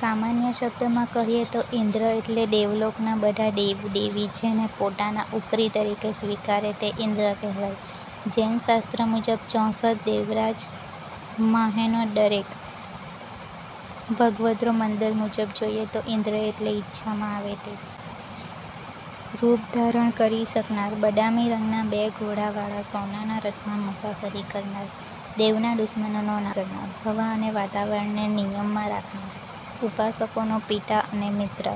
સામાન્ય શબ્દમાં કહીએ તો ઇન્દ્ર એટલે દેવલોકનાં બધાં દેવદેવી જેને પોતાના ઉપરી તરીકે સ્વીકારે તે ઇન્દ્ર કહેવાય. જૈન શાસ્ત્ર મુજબ ચોસઠ દેવરાજ માંહેનો દરેક. ભગવદ્ગોમંડલ મુજબ જોઈએ તો ઇન્દ્ર એટલે ઇચ્છામાં આવે તે રૂપ ધારણ કરી શકનાર, બદામી રંગના બે ઘોડાવાળા સોનાના રથમાં મુસાફરી કરનાર, દેવના દુશ્મનોનો ના કરનાર, હવા અને વાતાવરણને નિયમમાં રાખનાર, ઉપાસકોનો પિતા અને મિત્ર,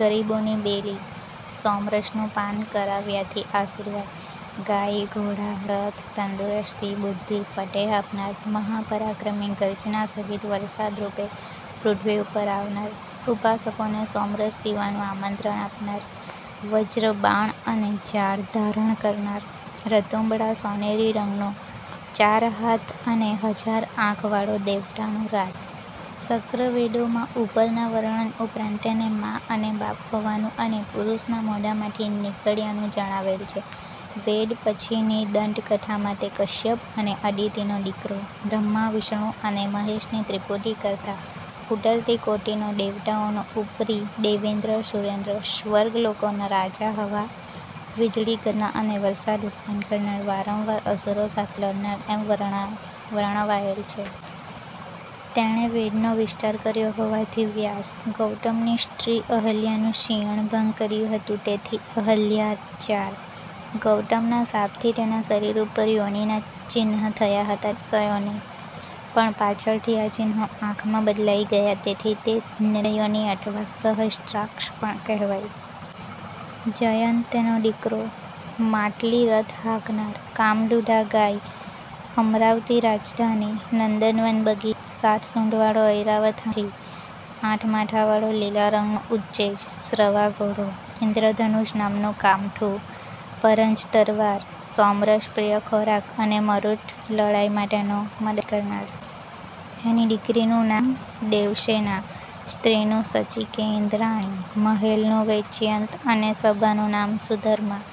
ગરીબૉની બેલી, સોમરસનું પાન કરાવ્યાથી આશીર્વાદ, ગાય, ઘોડા, રથ, તંદુરસ્તી, બુદ્ધિ, ફતેહ આપનાર, મહા પરાક્રમી ગર્જના સહિત વરસાદરૂપે પૃથ્વી ઉપર આવનાર, ઉપાસકોને સોમરસ પીવાનું આમંત્રણ આપનાર, વજ્ર બાણ અને જાળ ધારણ કરનાર, રતુંબડા સોનેરી રંગનો, ચાર હાથ અને હજાર આંખવાળો દેવતાનો રા. શક્ર વેદો માં ઉપરના વર્ણન ઉપરાંત તેને મા અને બાપ હોવાનું અને પુરુષના મોઢામાંથી નીકળ્યાનું જણાવેલ છે. વેદ પછીની દંતકથામાં તે કશ્યપ અને અદિતિનો દીકરો, બ્રહ્મા વિષ્ણુ અને મહેશની ત્રિપુટી કરતાં ઊતરતી કોટીનો, દેવતાઓનો ઉપરી, દેવેન્દ્ર, સુરેન્દ્ર, સ્વર્ગલોકોના રાજા હવા, વીજળી, ગર્જના અને વરસાદ ઉત્પન્ન કરનાર, વારંવાર અસુરો સાથે લડનાર એમ વર્ણવાયેલ છે. તેણે વેદનો વિસ્તાર કર્યો હોવાથી વ્યાસ, ગૌતમની સ્ત્રી અહલ્યાનું શિયળ ભંગ કર્યું હતું તેથી અહલ્યાજાર, ગૌતમના શાપથી તેના શરીર ઉપર યોનિનાં ચિહ્ન થયાં હતાં સયોનિ, પણ પાછળથી આ ચિહ્નો આંખમાં બદલાઈ ગયાં તેથી તે નેયોનિ અથવા સહસ્ત્રાક્ષ પણ કહેવાય. જયંત તેનો દીકરો, માતલિ રથ હાંકનાર, કામદુધા ગાય, અમરાવતી રાજધાની, નંદનવન બગી, સાત સૂંઢવાળો ઐરાવત હાથી, આઠ માથાવાળો લીલા રંગનો ઉચ્ચૈ:શ્રવા ઘોડો, ઇંદ્રધનુષ નામનું કામઠું, પરંજ તરવાર, સોમરસ પ્રિય ખોરાક અને મરુત લડાઈમાં તેનો મદદ કરનાર. એની દિકરીનું નામ દેવસેના, સ્ત્રીનું શચી કે ઇંદ્રાણી, મહેલનું વૈજયંત અને સભાનું નામ સુધર્મા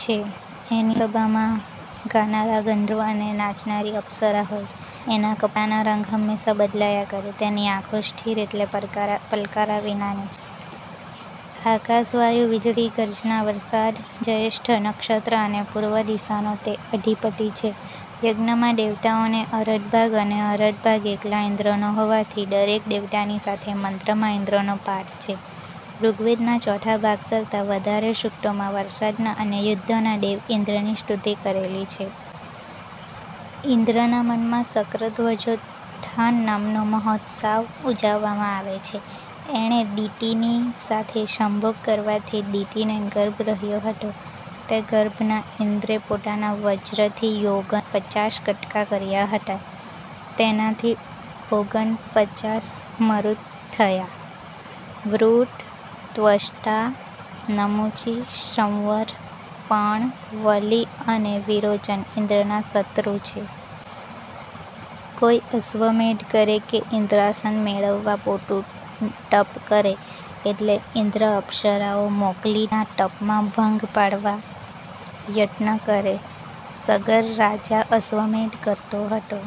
છે. એની સભામાં ગાનારા ગંધર્વ અને નાચનારી અપસરા હોય. એનાં કપડાંના રંગ હમેશા બદલાયા કરે. તેની આંખો સ્થિર એટલે પલકારા પલકારા વિનાની છે. આકાશ, વાયુ, વીજળી, ગર્જના, વરસાદ, જ્યેષ્ઠા નક્ષત્ર અને પૂર્વ દિશાનો તે અધિપતિ છે. યજ્ઞમાં દેવતાઓને અરધ ભાગ અને અરધ ભાગ એકલા ઇંદ્રનો હોવાથી દરેક દેવતાની સાથે મંત્રમાં ઇંદ્રનો પાઠ છે. ઋગ્વેદનાં ચોથા ભાગ કરતાં વધારે સૂક્તોમાં વરસાદના અને યુદ્ધના દેવ ઇંદ્રની સ્તુતિ કરેલી છે. ઇંદ્રના મનમાં શક્રધ્વજોત્થાન નામનો મહોત્સવ ઊજવવામાં આવે છે. એણે દિતિની સાથે સંભોગ કરવાથી દિતિને ગર્ભ રહ્યો હતો. તે ગર્ભના ઇંદ્રે પોતાના વજ્રથી યોગન પચાસ કટકા કર્યા હતા. તેનાથી ઓગન પચાસ મરુત થયા. વૃત્ર, ત્વષ્ટા, નમુચિ, સંવર, પણ, વલિ અને વિરોચન ઇંદ્રના શત્રુ છે. કોઈ અશ્વમેધ કરે કે ઇંદ્રાસન મેળવવા મોટું તપ કરે એટલે ઇંદ્ર અપ્સરાઓ મોકલી ના તપમાં ભંગ પાડવા યત્ન કરે. સગર રાજા અશ્વમેધ કરતો હતો